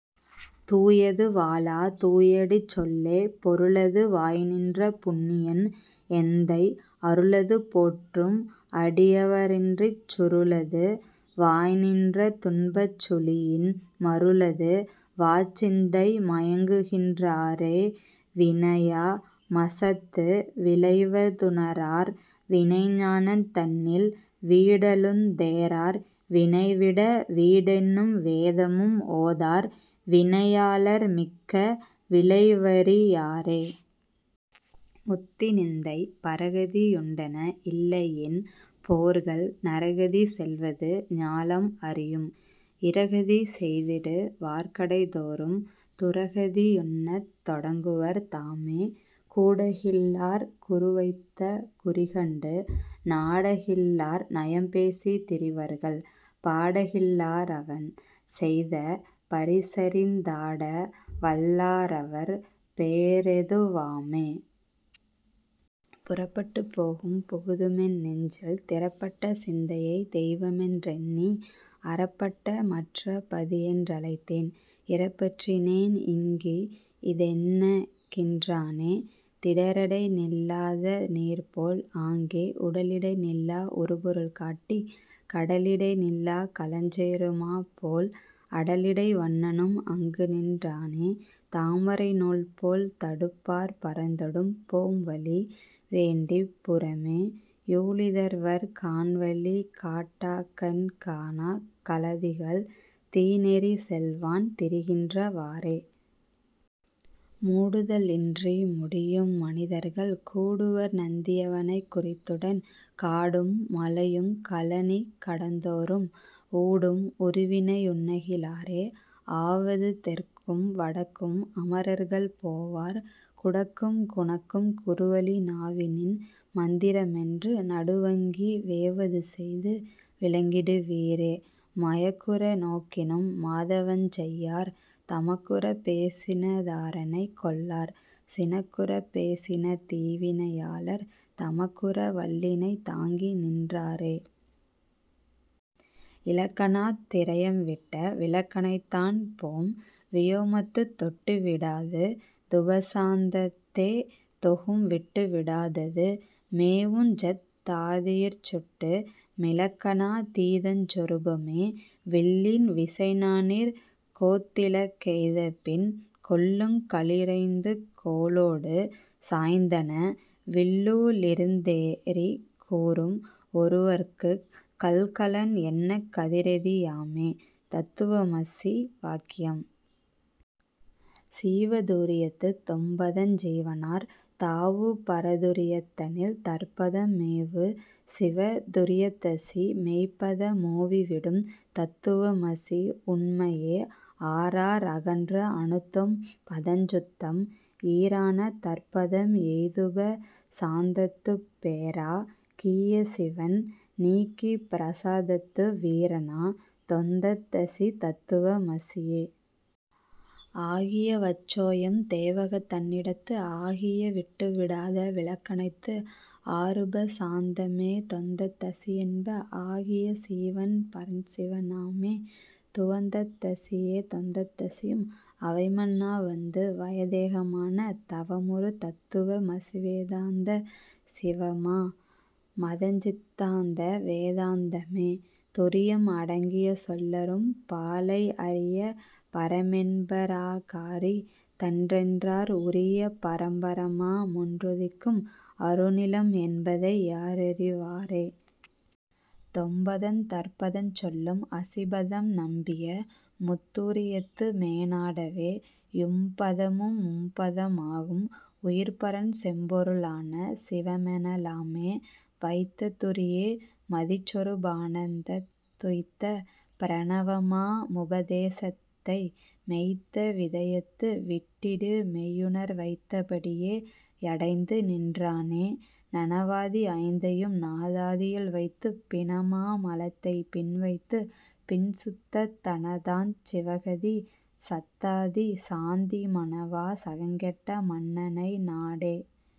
தூயது வாளா தூயடிச் சொல்லே. பொருளது வாய்நின்ற புண்ணியன் எந்தை அருளது போற்றும் அடியவ ரன்றிச் சுருளது வாய்நின்ற துன்பச் சுழியின் மருளது வாச்சிந்தை மயங்குகின் றாரே.. வினையா மசத்து விளைவ துணரார் வினைஞானந் தன்னில் வீடலுந் தேரார் வினைவிட வீடென்னும் வேதமும் ஓதார் வினையாளார் மிக்க விளைவறி யாரே.. முத்திநிந்தை. பரகதி யுண்டென இல்லையென் போர்கள் நரகதி செல்வது ஞாலம் அறியும் இரகதி செய்திடு வார்கடை தோறும் துரகதி யுண்ணத் தொடங்குவர் தாமே.. கூடகில் லார்குரு வைத்த குறிகண்டு நாடகில் லார்நயம் பேசித் திரிவர்கள் பாடகில் லாரவன் செய்த பரிசறிந் தாடவல் லாரவர் பேறெது வாமே.. புறப்பட்டுப் போகும் புகுதுமென் னெஞ்சில் திறப்பட்ட சிந்தையைப் தெய்வமென் றெண்ணி அறப்பட்ட மற்றப் பதியென் றழைத்தேன் இறப்பற்றி னேன்இங் கிதென்னென்கின் றானே. திடரடை நில்லாத நீர்போல் ஆங்கே உடலிடை நில்லா உறுபொருள் காட்டிக் கடலிடை நில்லா கலஞ்சேரு மாபோல் அடலிடை வண்ணனும் அங்குநின் றானே.. தாமரை நூல்போல் தடுப்பார் பரந்தொடும் போம்வழி வேண்டிப் புறமே யுழிதர்வர் காண்வழி காட்டக்கண் காணாக் கலதிகள் தீநெறி செல்வான் திரிகின்ற வாறே.. மூடுதல் இன்றி முடியும் மனிதர்கள் கூடுவர் நந்தி யவனைக் குறித்துடன் காடும் மலையுங் கழனி கடந்தோறும் ஊடும் உருவினை யுன்னிகி லாரே.. ஆவது தெற்கும் வடக்கும் அமரர்கள் போவார் குடக்கும் குணக்கும் குறுவழி நாவினின் மந்திர மென்று நடுவங்கி வேவது செய்து விளங்கிடு வீரே.. மயக்குற நோக்கினும் மாதவஞ் செய்யார் தமக்குறப் பேசின தாரணை கொள்ளார் சினக்குறப் பேசின தீவினை யாளர் தமக்குற வல்லினை தாங்கிநின் றாரே... இலக்கணாத் திரயம் விட்ட விலக்கணைதான்போம் வியோமத்துத் தொட்டு விடாத துபசாந்தத் தேதொகும் விட்டு விடாதது மேவுஞ்சத் தாதியிற் சுட்டு மிலக்கணா தீதஞ் சொருபமே.. வில்லின் விசைநாணிற்கோத்திலக்கெய்தபின் கொல்லுங் களிறைந்துங் கோலொடு சாய்ந்தன வில்லு ளிருந்தெறி கூரும் ஒருவற்குக் கல்கலன் என்னக் கதிரெதி யாமே... தத்துவமசி வாக்கியம். சீவ துரியத்துத் தொம்பதஞ் சீவனார் தாவு பரதுரி யத்தனில் தற்பதம் மேவு சிவதுரி யத்தசி மெய்ப்பத மோவி விடும் தத் துவமசி உண்மையே.. ஆறா றகன்ற அணுத்தொம் பதஞ்சுத்தம் ஈறான தற்பதம் எய்துப சாந்தத்துப் பேறா கியசீவன் நீங்கிப்பிர சாதத்து வீறான தொந்தத் தசிதத்வ மசியே.. ஆகிய வச்சோயம் தேவகத் தன்னிடத்து ஆகிய விட்டு விடாத விலக்கணைத்து ஆருப சாந்தமே தொந்தத் தசியென்ப ஆகிய சீவன் பரன்சிவ னாமே.. துவந்தத் தசியே தொந்தத் தசியும் அவைமன்னா வந்து வயத்தேகமான தவமுறு தத்துவ மசிவே தாந்த சிவமா மதுஞ்சித் தாந்தவே தாந்தமே.. துரியம் அடங்கிய சொல்லறும் பாழை அரிய பரமென்ப ராகாரி தன்றென்னார் உரிய பரம்பர மாமொன் றுதிக்கும் அருநிலம் என்பதை யாரறி வாரே.. தொம்பதந் தற்பதஞ் சொல்லும் அசிபதம் நம்பிய முத்துரி யத்துமே னாடவே யும்பத மும்பத மாகும் உயிர்பரன் செம்பொரு ளான சிவமென லாமே.. வைத்த துரிய மதிற்சொரு பானந்தத் துய்த்த பிரணவ மாமுப தேசத்தை மெய்த்த விதயத்து விட்டிடு மெய்யுணர் வைத்த படியே யடைந்து நின்றானே.. நனவாதி ஐந்தையும் நாதாதியில் வைத்துப் பினமா மலத்தைப் பின்வைத்துப் பின்சுத்தத் தனதாஞ் சிவகதி சத்தாதி சாந்தி மனவா சகங்கெட்ட மன்னனை நாடே..